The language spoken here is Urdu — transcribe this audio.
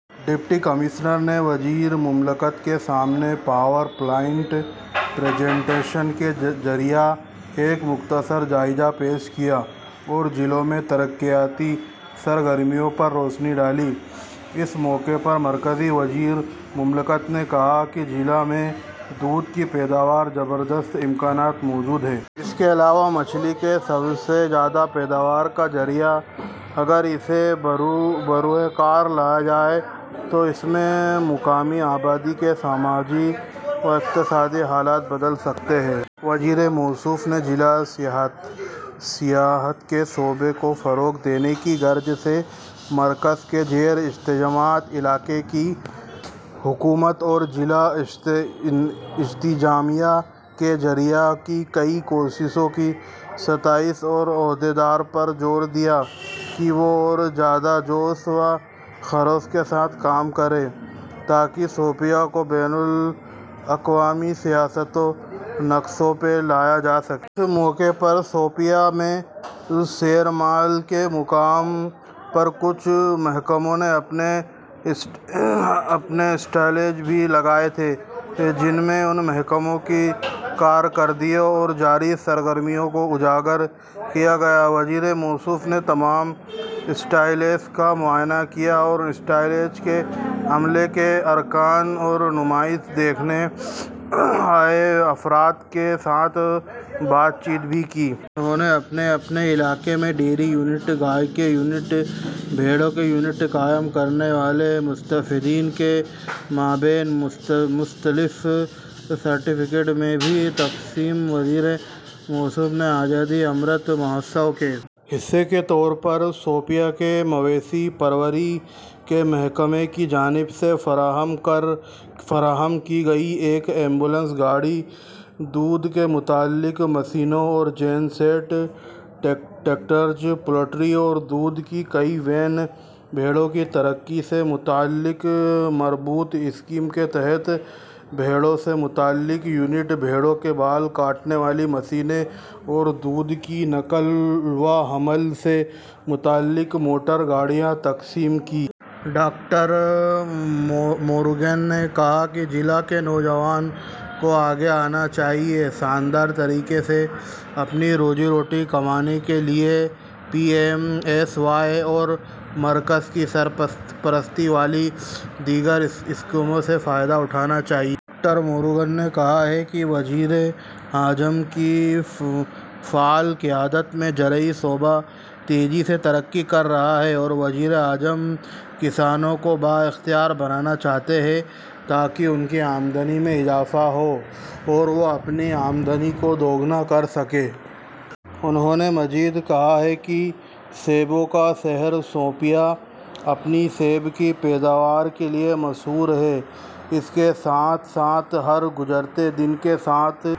ڈپٹی کمشنر نے وزیر مملکت کے سامنے پاور پوائنٹ پریزینٹیشن کے ذریعہ ایک مختصر جائزہ پیش کیا اور ضلع میں ترقیاتی سرگرمیوں پر روشنی ڈالی۔ اس موقع پر مرکزی وزیر مملکت نے کہا کہ ضلع میں دودھ کی پیداوار کے زبردست امکانات موجود ہیں۔ اس کے علاوہ ضلع مچھلی کی سب سے زیادہ پیداوار کا ذریعہ ہے اور اگر اسے بروئے کار لایا جائے تو اس سے مقامی آبادی کے سماجی و اقتصادی حالات بدل سکتے ہیں۔ وزیر موصوف نے ضلع میں سیاحت کے شعبے کو فروغ دینے کی غرض سے مرکز کے زیر انتظام علاقے کی حکومت اور ضلع انتظامیہ کے ذریعہ کی گئی کوششوں کی ستائش کی اور عہدیداروں پر زور دیا کہ وہ اور زیادہ جوش و خروش کے ساتھ کام کریں تاکہ شوپیاں کو بین الاقوامی سیاحتی نقشے پر لایا جا سکے۔ اس موقع پر شوپیاں میں شیرمال کے مقام پر کچھ محکموں نے اپنے اپنے اسٹالز بھی لگائے تھے جن میں ان محکموں کی کارکردگیوں اور جاری سرگرمیوں کو اجاگر کیا گیا تھا۔ وزیر موصوف نے تمام اسٹالز کا معائنہ کیا اور ان اسٹالز کے عملے کے ارکان اور نمائش دیکھنے آئے افراد کے ساتھ بات چیت بھی کی۔ انہوں نے اپنے اپنے علاقوں میں ڈیری یونٹ، گائے کے یونٹ، بھیڑوں کے یونٹ قائم کرنے والے مستفیدین کے مابین مختلف سرٹیفکیٹس بھی تقسیم کیے۔ وزیر موصوف نے آزادی کا امرت مہوتسو کے حصے کے طور پر شوپیاں کے مویشی پروری کے محکمے کی جانب سے فراہم کی گئی ایک ایمبولینس گاڑی، دودھ سے متعلق مشینیں اور جین سیٹ، ٹریکٹرز، پولٹری اور دودھ کی کئی وین، بھیڑوں کی ترقی سے متعلق مربوط اسکیم کے تحت بھیڑوں سے متعلق یونٹ، بھیڑوں کے بال کاٹنے والی مشینیں اور دودھ کی نقل و حمل سے متعلق موٹر گاڑیاں تقسیم کیں۔ ڈاکٹر موروگن نے کہا کہ ضلع کے نوجوانوں کو آگے آنا چاہیے اور شاندار طریقے سے اپنی روزی روٹی کمانے کے لیے P M M S Y اور مرکز کی سرپرستی والی دیگر اسکیموں سے فائدہ اٹھانا چاہیے۔ ڈاکٹر موروگن نے کہا کہ وزیر اعظم کی فعال قیادت میں زرعی شعبہ تیزی سے ترقی کر رہا ہے اور وزیر اعظم کسانوں کو بااختیار بنانا چاہتے ہیں تاکہ ان کی آمدنی میں اضافہ ہو اور وہ اپنی آمدنی کو دوگنا کرسکیں۔ انہوں نے مزید کہا کہ سیبوں کا شہر شوپیاں، اپنی سیب کی پیداوار کے لیے مشہور ہے، اس کے ساتھ ساتھ ہر گزرتے دن کے ساتھ